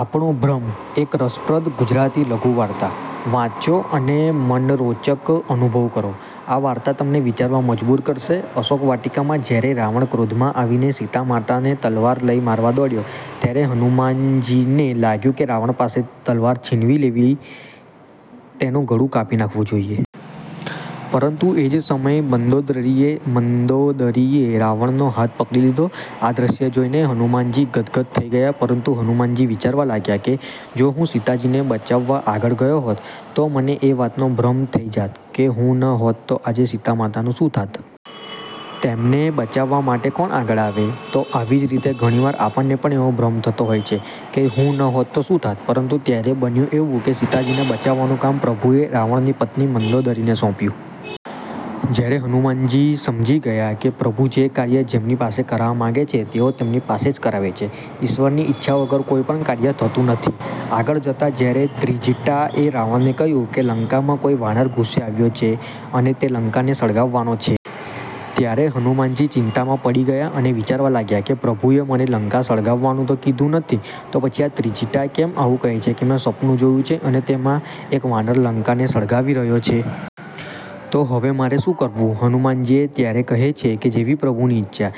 આપણો ભ્રમ: એક રસપ્રદ ગુજરાતી લઘુવાર્તા. વાંચો અને મનરોંચક અનુભવ કરો. આ વાર્તા તમને વિચારવા મજબૂર કરશે. અશોક વાટિકામાં જ્યારે રાવણ ક્રોધમાં આવીને સીતા માતાને તલવાર લઈ મારવા દોડ્યો, ત્યારે હનુમાનજીને લાગ્યું કે રાવણ પાસેથી તલવાર છીનવી લઈને, તેનું ગળું કાપી નાખવું જોઈએ. પરંતુ, એ જ સમયે મંદોદરીએ રાવણ નો હાથ પકડી લીધો. આ દ્રશ્ય જોઈને હનુમાનજી ગદગદ થઈ ગયા. પરંતુ હનુમાનજી વિચારવા લાગ્યા કે, "જો હું સીતાજીને બચાવવા આગળ ગયો હોત, તો મને એ વાતનો ભ્રમ થઈ જાત કે, હું ન હોત તો આજે સીતા માતાનું શું થાત? તેમને બચાવવા માટે કોણ આગળ આવે? " તો આવી જ રીતે ઘણીવાર આપણને પણ એવો ભ્રમ થતો હોય છે કે હું ન હોત તો શું થાત? પરંતુ ત્યારે બન્યું એવું કે સીતાજીને બચાવવાનું કામ પ્રભુએ રાવણની પત્ની મંદોદરીને સોપ્યું. ત્યારે હનુમાનજી સમજી ગયા કે, " પ્રભુ જે કાર્ય જેમની પાસે કરાવવા માંગે છે, તેઓ તેમની પાસે જ કરાવે છે. " ઈશ્વરની ઈચ્છા વગર કોઈ પણ કાર્ય થતું નથી. આગળ જતા જ્યારે ત્રીજટાએ રાવણને કહ્યું કે, " લંકામાં કોઈ વાનર ઘુસી આવ્યો છે અને તે લંકાને સળગાવવાનો છે. " ત્યારે હનુમાનજી ચિંતામાં પડી ગયા અને વિચારવા લાગ્યા કે, " પ્રભુ એ મને લંકા સળગાવવાનું તો કીધું નથી. તો પછી આ ત્રીજટા કેમ આવું કહે છે કે, મેં સપનું જોયું છે અને તેમાં એક વાનર લંકા ને સળગાવી રહ્યો છે. તો હવે મારે શું કરવું? હનુમાનજી એ ત્યારે કહે છે જેવી પ્રભુ ની ઈચ્છા.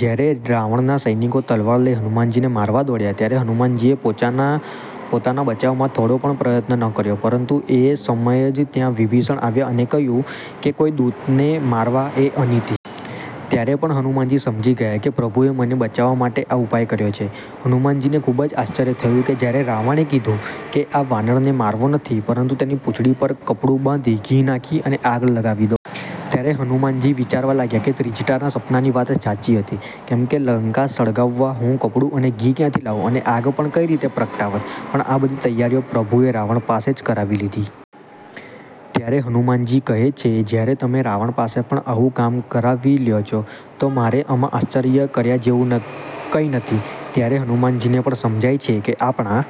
જ્યારે રાવણ નાં સૈનિકો તલવાર લઈ હનુમાનજીને મારવા દોડ્યા, ત્યારે હનુમાનજીએ પોતાના બચાવમાં થોડો પણ પ્રયત્ન ન કર્યો. પરંતુ એ સમય જ ત્યાં વિભીષણ આવ્યા અને કહ્યું કે, કોઈ દૂતને મારવા એ અનીતિ છે. ત્યારે પણ હનુમાનજી સમજી ગયા કે પ્રભુએ મને બચાવવા માટે આ ઉપાય કર્યો છે. હનુમાનજી ને ખુબ જ આશ્ચર્ય થયું કે જ્યારે રાવણે કીધું કે, આ વાનર ને મારવો નથી, પરંતુ તેની પૂછડી પર કપડું બાંધી, ઘી નાખી અને આગ લગાવી દો. ત્યારે હનુમાનજી વિચારવા લાગ્યા કે ત્રીજટાના સપનાની વાત સાચી હતી. કેમ કે લંકા સળગાવવા હું કપડું અને ઘી ક્યાંથી લાવું? અને આગ પણ કંઈ રીતે પ્રગટાવત? પણ આ બધી તૈયારીઓ પ્રભુએ રાવણ પાસે જ કરાવી લીધી. ત્યારે હનુમાનજી કહે છે, જ્યારે તમે રાવણ પાસે પણ આવું કામ કરાવી લ્યો છો, તો મારે આમાં આશ્વર્ય કર્યા જેવું કંઈ નથી. ત્યારે હનુમાનજી ને પણ સમજાય જાય છે કે આપણા